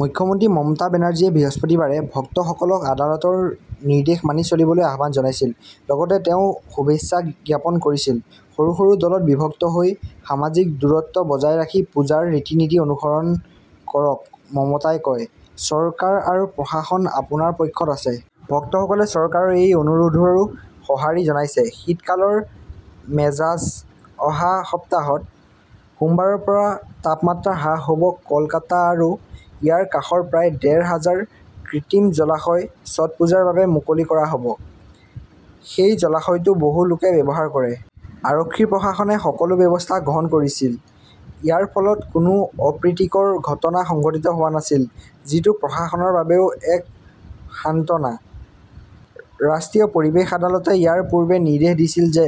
মুখ্যমন্ত্ৰী মমতা বেনাৰ্জীয়ে বৃহস্পতিবাৰে ভক্তসকলক আদালতৰ নিৰ্দেশ মানি চলিবলৈ আহ্বান জনাইছিল। লগতে তেওঁ শুভেচ্ছা জ্ঞাপন কৰিছিল। সৰু -সৰু দলত বিভক্ত হৈ সামাজিক দূৰত্ব বজাই ৰাখি পূজাৰ ৰীতি-নীতি অনুসৰণ কৰক মমতাই কয়। চৰকাৰ আৰু প্ৰশাসন আপোনাৰ পক্ষত আছে। ভক্তসকলে চৰকাৰৰ এই অনুৰোধৰো সঁহাৰি জনাইছে। শীতকালৰ মেজাজ অহা সপ্তাহত সোমবাৰৰ পৰা তাপমাত্ৰা হ্ৰাস হ 'ব কলকাতা আৰু ইয়াৰ কাষৰ প্ৰায় ডেৰ হাজাৰ কৃত্ৰিম জলাশয় ছটপুজাৰ বাবে মুকলি কৰা হ' ব। সেই জলাশয়টো বহু লোকে ব্যৱহাৰ কৰে। আৰক্ষী-প্ৰশাসনে সকলো ব্যৱস্থা গ্ৰহণ কৰিছিল। ইয়াৰ ফলত কোনো অপ্ৰীতিকৰ ঘটনা সংঘটিত হোৱা নাছিল। যিটো প্ৰশাসনৰ বাবেও এক সান্ত্বনা। ৰাষ্ট্ৰীয় পৰিৱেশ আদালতে ইয়াৰ পূৰ্বে নিৰ্দেশ দিছিল যে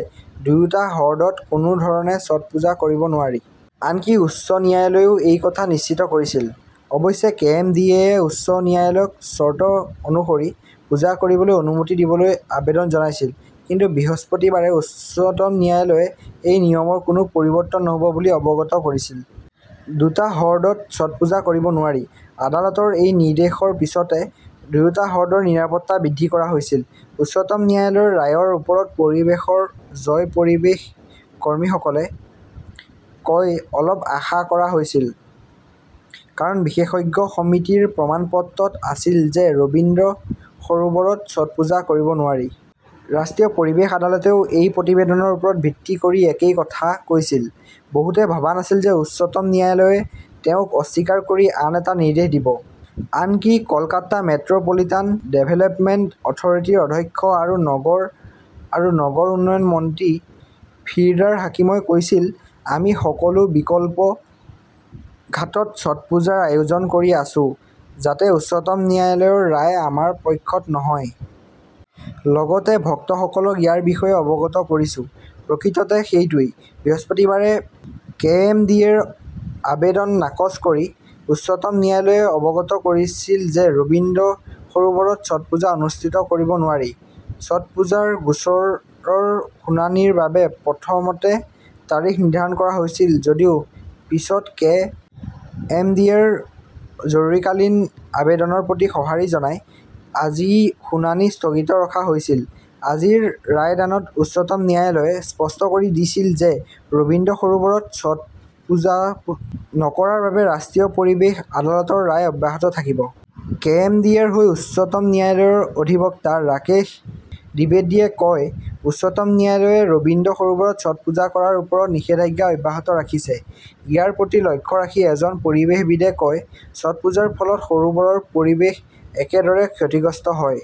দুয়োটা হ্ৰদত কোনো ধৰণে ছট পূজা কৰিব নোৱাৰি। আনকি উচ্চ ন্যায়ালয়েও সেই কথা নিশ্চিত কৰিছিল। অৱশ্যে কে. এম. ডি. এ য়ে উচ্চতম ন্যায়ালয়ক চৰ্ত অনুসৰি পূজা কৰিবলৈ অনুমতি দিবলৈ আবেদন জনাইছিল। কিন্তু বৃহস্পতিবাৰে উচ্চতম ন্যায়ালয়ে এই নিয়মৰ কোনো পৰিৱৰ্তন নহ'ব বুলি অৱগত কৰিছিল। দুটা হ্ৰদত ছটপুজা কৰিব নোৱাৰি। আদালতৰ এই নিৰ্দেশৰ পিছতে দুয়োটা হ্ৰদৰ নিৰাপত্তা বৃদ্ধি কৰা হৈছিল। উচ্চতম ন্যায়ালয়ৰ ৰায়ৰ ওপৰত পৰিৱেশৰ জয় পৰিৱেশ কৰ্মীসকলে কয় অলপ আশা কৰা হৈছিল, কাৰণ বিশেষজ্ঞ সমিতিৰ প্ৰমাণপত্ৰত আছিল যে ৰবীন্দ্ৰ সৰোবৰত ছটপুজা কৰিব নোৱাৰি। ৰাষ্ট্ৰীয় পৰিৱেশ আদালতেও এই প্ৰতিবেদনৰ ওপৰত ভিত্তি কৰি একেই কথা কৈছিল। বহুতে ভবা নাছিল যে উচ্চতম ন্যায়ালয়ে তেওঁক অস্বীকাৰ কৰি আন এটা নিৰ্দেশ দিব। আনকি কলকাতা মেট্ৰ পলিটান ডেভেলপমেণ্ট অথৰিটিৰ অধ্যক্ষ আৰু নগৰ আৰু নগৰ উন্নয়ন মন্ত্ৰী ফিৰহাদ হাকিমই কৈছিল আমি সকলো বিকল্প ঘাটত ছটপুজাৰ আয়োজন কৰি আছো যাতে উচ্চতম ন্যায়ালয়ৰ ৰায় আমাৰ পক্ষত নহয়। লগতে ভক্তসকলক ইয়াৰ বিষয়ে অৱগত কৰিছো। প্ৰকৃততে সেইটোৱেই। বৃহস্পতিবাৰে কে এম ডি এ -ৰ আবেদন নাকচ কৰি উচ্চতম ন্যায়ালয়ে অৱগত কৰিছিল যে ৰবীন্দ্ৰ সৰোবৰত ছটপুজা অনুষ্ঠিত কৰিব নোৱাৰি। ছঠপুজা গোচৰৰ শুনানিৰ বাবে প্ৰথমতে তাৰিখ নিৰ্ধাৰণ কৰা হৈছিল যদিও পিছত কে. এম. ডি .এ ৰ জৰুৰীকালীন আবেদনৰ প্ৰতি সঁহাৰি জনাই আজি শুনানি স্থগিত ৰখা হৈছিল। আজিৰ ৰায়দানত উচ্চতম ন্যায়ালয়ে স্পষ্ট কৰি দিছিল যে ৰবীন্দ্ৰ সৰোবৰত ছটপুজো নকৰাৰ বাবে ৰাষ্ট্ৰীয় পৰিৱেশ আদালতৰ ৰায় অব্যাহত থাকিব। কে এম ডি এ ৰ হৈ উচ্চতম ন্যায়ালয়ৰ অধিবক্তা ৰাকেশ দ্বিবেদীয়ে কয়, উচ্চতম ন্যায়ালয়ে ৰবীন্দ্ৰ সৰোবৰত ছটপুজা কৰাৰ ওপৰত নিষেধাজ্ঞা অব্যাহত ৰাখিছে। ইয়াৰ প্ৰতি লক্ষ্য ৰাখি এজন পৰিৱেশবিদে কয়, ছটপুজাৰ ফলত সৰোবৰৰ পৰিৱেশ কেনেদৰে ক্ষতিগ্ৰস্ত হয়।